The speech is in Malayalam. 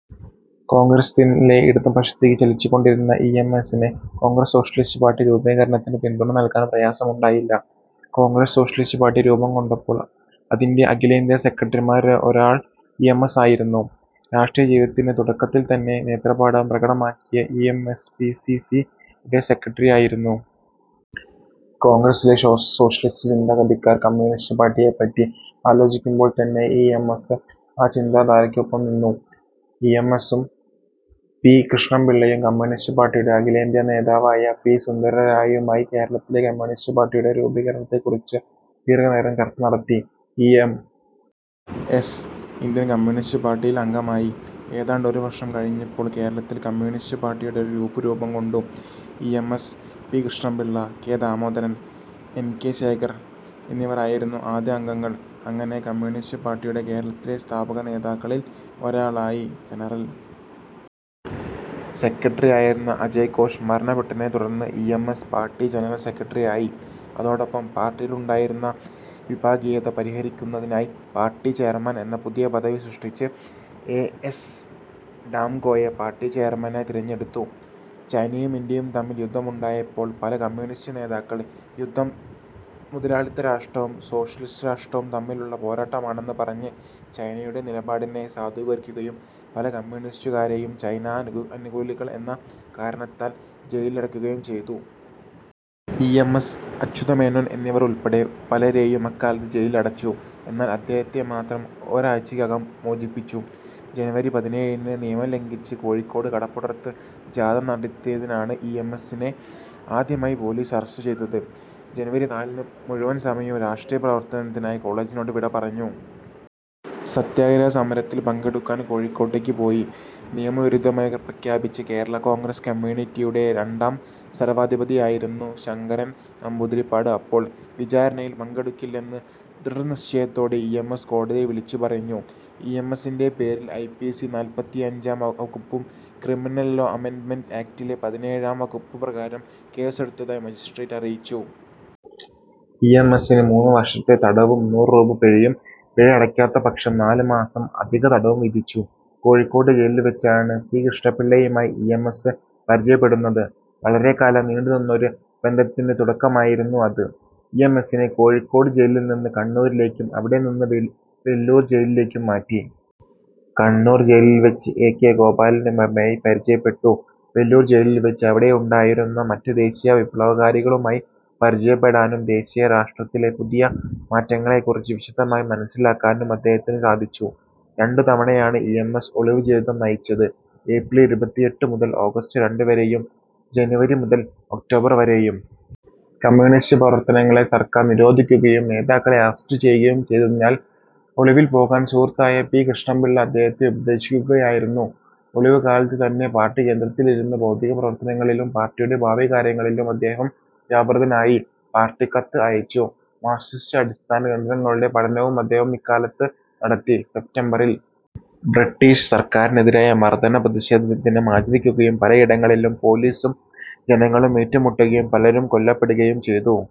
കോൺഗ്രസ്സിലെ ഇടതുപക്ഷത്തേക്ക് ചലിച്ചുകൊണ്ടിരുന്ന ഇ. എം. എസ്സിന് കോൺഗ്രസ് സോഷ്യലിസ്റ്റ് പാർട്ടി രൂപീകരണത്തിന് പിന്തുണ നൽകാൻ പ്രയാസമുണ്ടായില്ല. കോൺഗ്രസ് സോഷ്യലിസ്റ്റ് പാർട്ടി രൂപംകൊണ്ടപ്പോൾ അതിൻ്റെഅഖിലേന്ത്യാ സെക്രട്ടറിമാരിലൊരാൾ ഇ. എം. എസ്സായിരുന്നു. രാഷ്ട്രീയ ജീവിതത്തിൻ്റെതുടക്കത്തിൽത്തന്നെ നേതൃപാടവം പ്രകടമാക്കിയ E. M. S. P. C. C. യുടെ സെക്രട്ടറിയായിരുന്നു. കോൺഗ്രസിലെ സോഷ്യലിസ്റ്റ് ചിന്താഗതിക്കാർ കമ്മ്യൂണിസ്റ്റ് പാർട്ടിയെപ്പറ്റി ആലോചിക്കുമ്പോൾത്തന്നെ ഇ. എം. എസ്. ആ ചിന്താധാരയ്ക്കൊപ്പം നിന്നു. ൽ ഇ. എം. എസ്സും പി. കൃഷ്ണപിള്ളയും കമ്മ്യൂണിസ്റ്റ് പാർട്ടിയുടെ അഖിലേന്ത്യാ നേതാവായ പി. സുന്ദരയ്യയുമായി കേരളത്തിലെ കമ്മ്യൂണിസ്റ്റ് പാർട്ടിയുടെ രൂപീകരണത്തെക്കുറിച്ച് ദീർഘനേരം ചർച്ച നടത്തി. E. M. S. Indian communist പാർട്ടിയിൽ അംഗമായി. ഏതാണ്ട് ഒരു വർഷം കഴിഞ്ഞപ്പോൾ കേരളത്തിൽ കമ്മ്യൂണിസ്റ്റ് പാർട്ടിയുടെ ഒരു ഗ്രൂപ്പ് രൂപംകൊണ്ടു. E. M. S., P. Krishnapillai, K. Damodaran, N. K. Shekhar എന്നിവരായിരുന്നു ആദ്യ അംഗങ്ങൾ. അങ്ങനെ കമ്മ്യൂണിസ്റ്റ് പാർട്ടിയുടെ കേരളത്തിലെ സ്ഥാപക നേതാക്കളിൽ ഒരാളായി. ജനറൽ സെക്രട്ടറിയായിരുന്ന അജയഘോഷ് മരണപ്പെട്ടതിനെ തുടർന്ന് E. M. S. Party general സെക്രട്ടറിയായി. അതോടൊപ്പം പാർട്ടിയിലുണ്ടായിരുന്ന വിഭാഗീയത പരിഹരിക്കുന്നതിനായി പാർട്ടി ചെയർമാൻ എന്ന പുതിയ പദവി സൃഷ്ടിച്ച് എ. എസ്. ഡാംഗെയെ പാർട്ടി ചെയർമാനായി തിരഞ്ഞെടുത്തു. ചൈനയും ഇന്ത്യയും തമ്മിൽ യുദ്ധമുണ്ടായപ്പോൾ ചില കമ്മ്യൂണിസ്റ്റ് നേതാക്കൾ യുദ്ധം മുതലാളിത്ത രാഷ്ട്രവും സോഷ്യലിസ്റ്റ് രാഷ്ട്രവും തമ്മിലുള്ള പോരാട്ടമാണെന്ന് പറഞ്ഞ് ചൈനയുടെ നിലപാടിനെ സാധൂകരിക്കുകയും പല കമ്മ്യൂണിസ്റ്റുകാരെയും ചൈന അനുകൂലികൾ എന്ന കാരണത്താൽ ജയിലിലടക്കുകയും ചെയ്തു. E. M. S., Achutha Menon എന്നിവർ ഉൾപ്പെടെ പലരെയും അക്കാലത്ത് ജയിലിലടച്ചു. എന്നാൽ അദ്ദേഹത്തെ മാത്രം ഒരാഴ്ചയ്ക്കകം മോചിപ്പിച്ചു. ജനുവരി പതിനേഴിന് നിയമം ലംഘിച്ച് കോഴിക്കോട് കടപ്പുറത്ത് ജാഥ നടത്തിയതിനാണ് ഇ. എം. എസ്സിനെ ആദ്യമായി പോലീസ് അറസ്റ്റ് ചെയ്തത്. ജനുവരി നാലിന് മുഴുവൻ സമയ രാഷ്ട്രീയ പ്രവർത്തനത്തിനായി കോളേജിനോട് വിടപറഞ്ഞു. സത്യഗ്രഹ സമരത്തിൽ പങ്കെടുക്കാൻ കോഴിക്കോട്ടേക്ക് പോയി. നിയമവിരുദ്ധമായി പ്രഖ്യാപിച്ച കേരള കോൺഗ്രസ് കമ്മിറ്റിയുടെ രണ്ടാം സർവാധിപതിയായിരുന്നു ശങ്കരൻ നമ്പൂതിരിപ്പാട് അപ്പോൾ. വിചാരണയിൽ പങ്കെടുക്കുന്നില്ലെന്ന് ദൃഢനിശ്ചയത്തോടെ ഇ. എം. എസ്. കോടതിയിൽ വിളിച്ചുപറഞ്ഞു. ഇ. എം. എസ്സിൻ്റെപേരിൽ ഐ. പി. സി. നൂറ്റിനാൽപ്പത്തിയഞ്ചാം വകുപ്പും ക്രിമിനൽ ലോ അമെൻഡ്മെന്റ് ആക്ടിലെ പതിനേഴാം വകുപ്പുപ്രകാരവും കേസെടുത്തതായി മജിസ്ട്രേറ്റ് അറിയിച്ചു. ഇ. എം. എസ്സിന് മൂന്ന് വർഷത്തെ തടവും നൂറു രൂപ പിഴയും, പിഴയടയ്ക്കാത്ത പക്ഷം നാലുമാസം അധിക തടവും വിധിച്ചു. കോഴിക്കോട് ജയിലിൽവെച്ചാണ് പി. കൃഷ്ണപിള്ളയുമായി ഇ. എം. എസ്. പരിചയപ്പെടുന്നത്. വളരെക്കാലം നീണ്ടുനിന്ന ഒരു ബന്ധത്തിൻ്റെതുടക്കമായിരുന്നു അത്. ഇ. എം. എസ്സിനെ കോഴിക്കോട് ജയിലിൽനിന്ന് കണ്ണൂരിലേക്കും അവിടെനിന്ന് വെല്ലൂർ ജയിലിലേക്കും മാറ്റി. കണ്ണൂർ ജയിലിൽവെച്ച് എ. കെ. ഗോപാലനുമായി പരിചയപ്പെട്ടു. വെല്ലൂർ ജയിലിൽവെച്ച് അവിടെയുണ്ടായിരുന്ന മറ്റു ദേശീയ വിപ്ലവകാരികളുമായി പരിചയപ്പെടാനും ദേശീയ രാഷ്ട്രീയത്തിലെ പുതിയ മാറ്റങ്ങളെക്കുറിച്ച് വിശദമായി മനസ്സിലാക്കാനും അദ്ദേഹത്തിന് സാധിച്ചു. രണ്ടുതവണയാണ് ഇ. എം. എസ്. ഒളിവുജീവിതം നയിച്ചത്. ഏപ്രിൽ ഇരുപത്തിയെട്ട് മുതൽ ഓഗസ്റ്റ് രണ്ട് വരെയും ജനുവരി മുതൽ ഒക്ടോബർ വരെയും. കമ്മ്യൂണിസ്റ്റ് പ്രവർത്തനങ്ങളെ സർക്കാർ നിരോധിക്കുകയും നേതാക്കളെ അറസ്റ്റ് ചെയ്യുകയും ചെയ്തതിനാൽ ഒളിവിൽ പോകാൻ സുഹൃത്തായ പി. കൃഷ്ണപിള്ള അദ്ദേഹത്തെ ഉപദേശിക്കുകയായിരുന്നു. ഒളിവുകാലത്ത് തന്നെ പാർട്ടി കേന്ദ്രത്തിലിരുന്ന് ബൗദ്ധിക പ്രവർത്തനങ്ങളിലും പാർട്ടിയുടെ ഭാവികാര്യങ്ങളിലും അദ്ദേഹം വ്യാപൃതനായി. പാർട്ടിക്കത്ത് അച്ചടിച്ചു. മാർക്സിസ്റ്റ് അടിസ്ഥാന ഗ്രന്ഥങ്ങളുടെ പഠനവും അദ്ദേഹം ഇക്കാലത്ത് നടത്തി. സെപ്റ്റംബറിൽ ബ്രിട്ടീഷ് സർക്കാരിനെതിരായി മർദന പ്രതിഷേധ ദിനമാചരിക്കുകയും പലയിടങ്ങളിലും പോലീസും ജനങ്ങളും ഏറ്റുമുട്ടുകയും പലരും കൊല്ലപ്പെടുകയും ചെയ്തു.